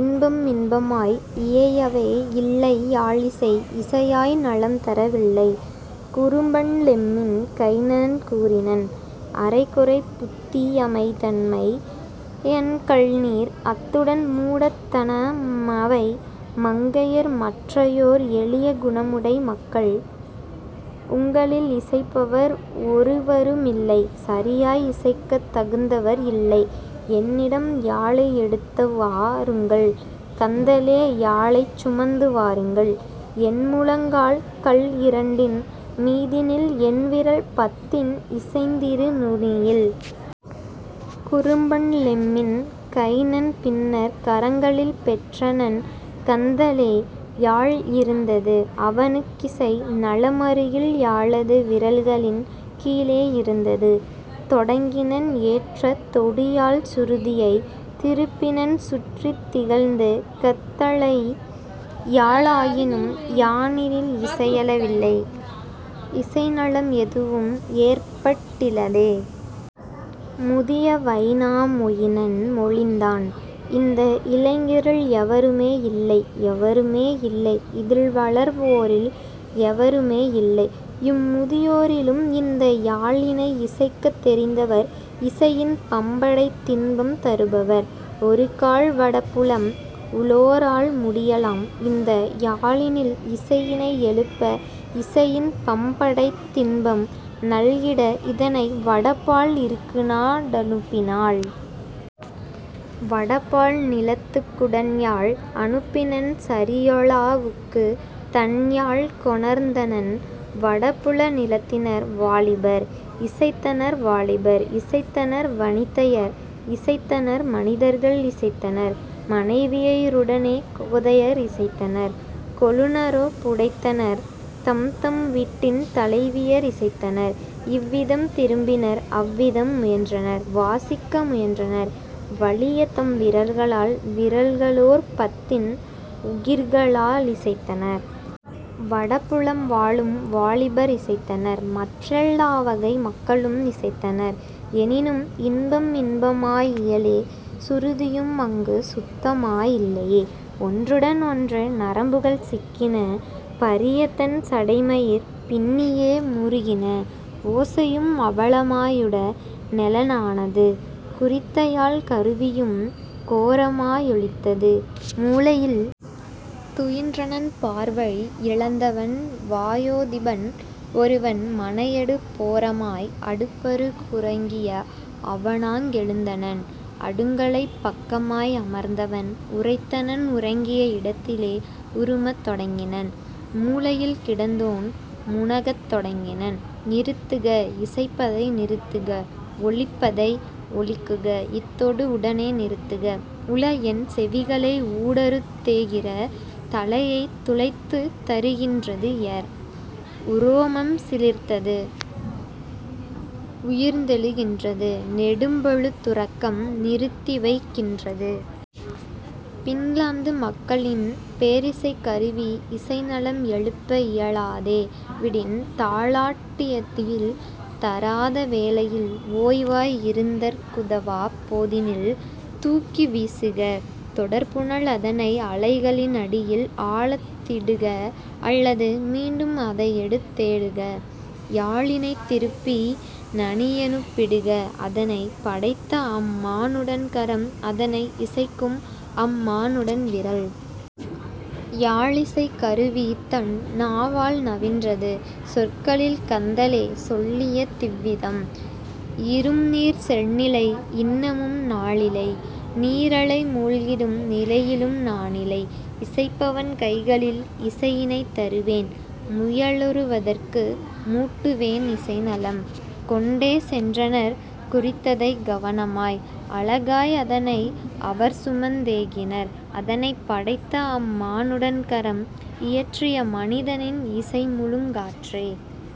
இன்பம் இன்பமாய் இயையவே யில்லை யாழிசை இசையாய் நலம்தர வில்லை. குறும்பன் லெம்மின் கைனன் கூறினன்: "அரைகுறைப் புத்தி யமைந்தபை யன்கள்நீர் அத்துடன் மூடத் தனமமை மங்கையர் மற்றயோர் எளிய குணமுடை மக்கள். உங்களில் இசைப்பவர் ஒருவரு மில்லை சரியாய் இசைக்கத் தகுந்தவர் இல்லை; என்னிடம் யாழை எடுத்துவா ருங்கள் கந்தலே யாழைச் சுமந்துவா ருங்கள் என்முழங் கால்கள் இரண்டின் மீதினில் என்விரல் பத்தின் இயைந்திரு நுனியில்! " குறும்பன் லெம்மின் கைனன் பின்னர் கரங்களில் பெற்றனன் கந்தலே யாழை இருந்தது அவனுக் கிசைநலம் அருகில் யாழது விரல்களின் கீழே இருந்தது; தொடங்கினன் ஏற்றத் தொடுயாழ்ச் சுருதியை திருப்பினன் சுற்றித் திகழ்கந் தலேயாழ் ஆயினும் யாழினில் இசையெழ வில்லை இசைநலம் எதுவும் ஏற்பட் டிலதே. முதிய வைனா மொயினன் மொழிந்தான்: "இந்த இளைஞரில் எவருமே இல்லை எவருமே இல்லை இதில்வளர் வோரில் எவருமே இல்லை இம்முதி யோரிலும் இந்த யாழினை இசைக்கத் தெரிந்தவர் இசையின் பம்படைத் தின்பம் தருபவர்; ஒருக்கால் வடபுலம் உளோரால் முடியலாம் இந்த யாழினில் இசையினை எழுப்ப இசையின் பம்படைத் தின்பம் நல்கிட இதனை வடபால் இருக்குநா டனுப்பினால்? " வடபால் நிலத்துக் குடன்யாழ் அனுப்பினன் சரியொலா வுக்குத் தன்யாழ் கொணர்ந்தனன் வடபுல நிலத்தினர் வாலிபர் இசைத்தனர் வாலிபர் இசைத்தனர் வனிதையர் இசைத்தனர் மனிதர்கள் இசைத்தனர் மனைவிய ருடனே கோதையர் இசைத்தனர் கொழுனரோ டிசைத்தனர் தம்தம் வீட்டின் தலைவியர் இசைத்தனர் இவ்விதம் திருப்பினர் அவ்விதம் முயன்றனர் வாசிக்க முயன்றனர் வலியதம் விரல்களால் விரல்களோர் பத்தின் உகிர்களா லிசைத்தனர். வடபுலம் வாழும் வாலிபர் இசைத்தனர் மற்றெல் லாவகை மக்களும் இசைத்தனர் எனினும் இன்பம் இன்பமா யிலையே சுருதியும் அங்கு சுத்தமா யிலையே: ஒன்றுடன் ஒன்று நரம்புகள் சிக்கின பரியதன் சடைமயிர் பின்னியே முறுகின ஓசையும் அவலமா யுடனெழ லானது குறித்தயாழ்க் கருவியும் கோரமா யொலித்தது. மூலையில் துயின்றனன் பார்வை யிழந்தவன் வயோதிபன் ஒருவன் மனையெடுப் போரமாய் அடுப்பரு குறங்கிய அவனாங் கெழுந்தனன் அடுக்களைப் பக்கமாய் அமர்ந்தவன் உரைத்தனன் உறங்கிய இடத்திலே உறுமத் தொடங்கினன் மூலையில் கிடந்தோன் முனகத் தொடங்கினன்: "நிறுத்துக இசைப்பதை நிறுத்துக ஒலிப்பதை, ஒழிக்குக, இத்தொடு உடனே நிறுத்துக, உளஎன் செவிகளை ஊடறுத் தேகிற தலையைத் துளைத்துத் தருகின் றதுதுயர் உரோமம் சிலிர்த்து உயர்ந்தெழு கின்றது நெடும்பொழு துறக்கம் நிறுத்திவைக் கின்றது. பின்லாந்து மக்களின் பேரிசைக் கருவி இசைநலம் எழுப்ப இயலாதே விடின் தாலாட் டித்துயில் தராத வேளையில் ஓய்வாய் இருத்தற் குதவாப் போதினில் தூக்கி வீசுக தொடர்புனல் அதனை அலைகளின் அடியில் ஆழத் திடுக அல்லது மீண்டும் அதையெடுத் தேகுக யாழினைத் திருப்பி நனியனுப் பிடுக அதனைப் படைத்த அம்மா னுடன்கரம் அதனை இசைக்கும் அம்மா னுடன்விரல். " யாழிசைக் கருவிதன் நாவால் நவின்றது சொற்களில் கந்தலே சொல்லிய திவ்விதம்: "இரும்நீர் செல்நிலை இன்னமும் நானிலை நீரலை மூழ்கிடும் நிலையிலும் நானிலை இசைப்பவன் கைகளில் இசையினைத் தருவேன் முயலொரு வற்கு மூட்டுவேன் இசைநலம். " கொண்டே சென்றனர் குறித்ததைக் கவனமாய் அழகாய் அதனை அவர்சுமந் தேகினர் அதனைப் படைத்த அம்மா னுடன்கரம் இயற்றிய மனிதனின் இயைமுழங் காற்கே.